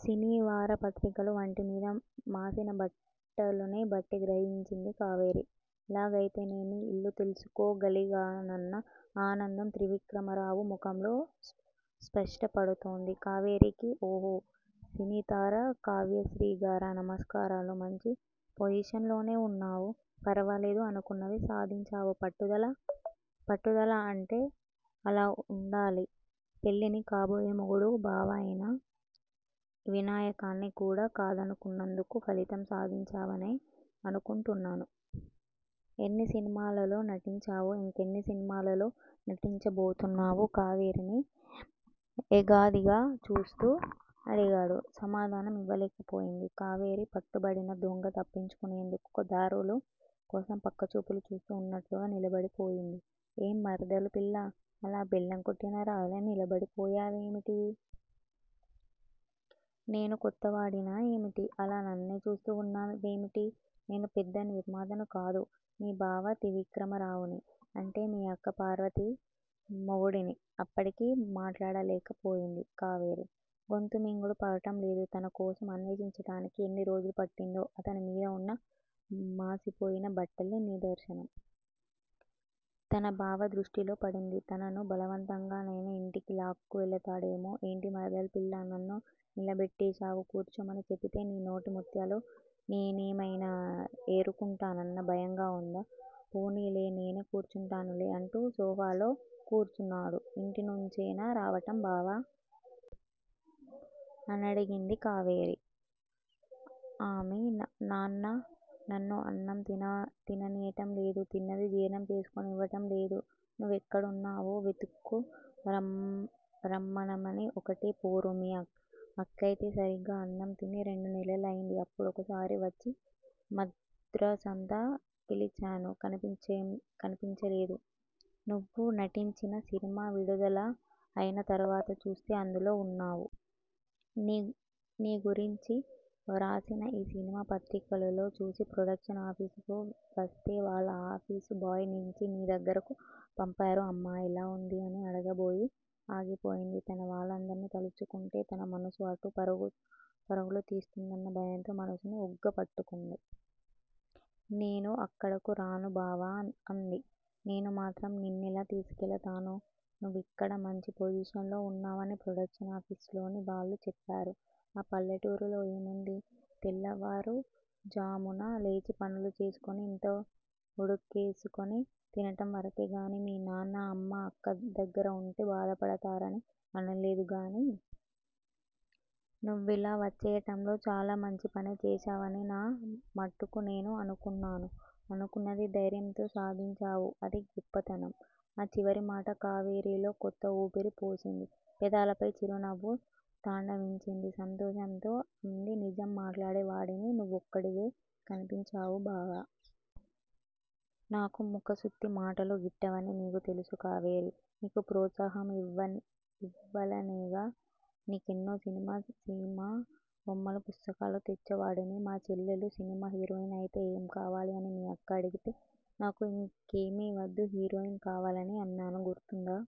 సినీవార పత్రికలు, వంటి మీద మాసిన బట్టలుని బట్టి గ్రహించింది కావేరి. ఎలాగయితేనేమి? ఇల్లు తెలుసుకోగలిగానన్న ఆనందం త్రివిక్రమరావు ముఖంలో స్పష్టపడుతోంది కావేరీకి. ఓహో? సినీతార కావ్యశ్రీగారా? నమస్కారాలు! మంచి పొజిషన్ లోనే వున్నావు. ఫరవాలేదు! అనుకున్నది సాధించావు. పట్టుదల అంటే అలా వుండాలి! పెళ్లిని, కాబోయే మొగుడూ బావ అయినా వినాయకాన్ని కూడా కాదనుకున్నందుకు ఫలితం సాధించావనే అనుకుంటున్నాను. ఎన్ని సినిమాలలో నటించావు? ఇంకెన్ని సినిమాలలో నటించబోతున్నావు? కావేరీని ఎగాదిగా చూస్తూ అడిగాడు. సమాధానం ఇవ్వలేకపోయింది కావేరి. పట్టుబడిన దొంగ తప్పించుకునేతందుకు దారులు కోసం పక్క చూపులు చూస్తూ వున్నట్లుగా నిలబడి పోయింది. ఏం మరదలు పిల్లా? అలా బెల్లం కొట్టిన రాయిలా నిలబడి పోయావేమిటి? నేను కొత్తవాడినా ఏమిటి? అలా నన్నే చూస్తూ వున్నావేమిటి? నేను పెద్ద నిర్మాతను కాదు! నీ బావ త్రివిక్రమరావుని! అంటే మీ అక్క పార్వతి మొగుడిని! అప్పటికీ మాట్లాడలేక పోయింది కావేరి! గొంతు మింగుడు పడటం లేదు. తన కోసం అన్వేషించటానికి ఎన్ని రోజులు పట్టిందో అతని మీద వున్న మాసిపోయిన బట్టలే నిదర్శనం! తను బావ దృష్టిలో పడింది, తనను బలవంతంగా నయినా యింటికి లాక్కు వెళ్ళుతాడేమో? ఏంటి మరదలు పిల్లా? నన్ను నిలబెట్టేశావు? కూర్చోమని చెప్పితే నీ నోటి ముత్యాలు నేనేమయినా ఏరుకుంటానన్న భయంగా వుందా? పోనీలే నేనే కూర్చుంటానులే! అంటూ సోఫాలో కూర్చున్నాడు. ఇంటినుంచేనా రావటం బావా? అనడిగింది కావేరి. ఆఁ మీ నాన్న నన్ను అన్నం తిననీయటం లేదు! తిన్నది జీర్ణం చేసుకోనివ్వటం లేదు! నువ్వెక్కడున్నావో? వెతుక్కు రమ్మనమని ఒక్కటే పోరు! మీ అక్కయితే సరిగ్గా అన్నంతిని రెండు నెలలు అయింది. అప్పుడొకసారి వచ్చి మద్రాసంతా గాలించాను. కనిపించలేదు. నువ్వు నటించిన సినిమా విడుదల అయినా తరువాత చూస్తే అందులో వున్నావు. నీ గురించి వ్రాసిన ఈ సినిమా పత్రికలులో చూసి ప్రొడక్షన్ ఆఫీసుకు వస్తే వాళ్ళ ఆఫీసు బాయ్ నిచ్చి నీ దగ్గిరకు పంపారు. అమ్మ ఎలా వుంది? అని అడగబోయి ఆగిపోయింది. తన వాళ్ళందరినీ తలుచుకుంటే తన మనసు అటు పరుగులు తీస్తుందన్న భయంతో మనసుని ఉగ్గపట్టుకుంది. నేను అక్కడకు రాను బావా! అంది. నేనుమాత్రం నిన్నెలా తీసుకెళ్ళతాను? నువ్విక్కడ మంచి పొజిషన్ లో వున్నావని ప్రొడక్షన్ ఆఫీసులోని వాళ్ళు చెప్పారు. ఆ పల్లెటూరిలో ఏముంది? తెల్లవారుఝామున లేచి పనులు చేసుకుని ఇంత ఉడకేసుకుని తినటం వరకే గాని! మీ నాన్న అమ్మ అక్క దగ్గిర అంటే బాధపడతారని అనలేదు గాని! నువ్విలా వచ్చేయటంలో చాలా మంచి పనే చేశావని నా మట్టుకు నేను అనుకున్నాను. అనుకున్నది ధైర్యంతో సాధించావు. అదీ గొప్పతనం. ఆ చివరి మాట కావేరీలో కొత్త ఊపిరి పోసింది. పెదాలపై చిరునవ్వు తాండవించింది. సంతోషంతో అంది. నిజం మాట్లాడే వాడిని నువ్వొక్కడివే కనిపించావు బావా! నాకు ముఖస్తుతి మాటలు గిట్టవని నీకూ తెలుసుగా కావేరీ? నీకు ప్రోత్సాహం ఇవ్వలనేగా నీకెన్నో సినిమా సినిమా బొమ్మల పుస్తకాలు తెచ్చేవాడిని! మా చెల్లెలు సినిమా హీరోయిన్ అయితే ఏం కావాలి? అని మీ అక్క అడిగితే, నాకు ఇంకేమీ వద్దు. హీరోయిన్ కావాలని అన్నాను గుర్తుందా?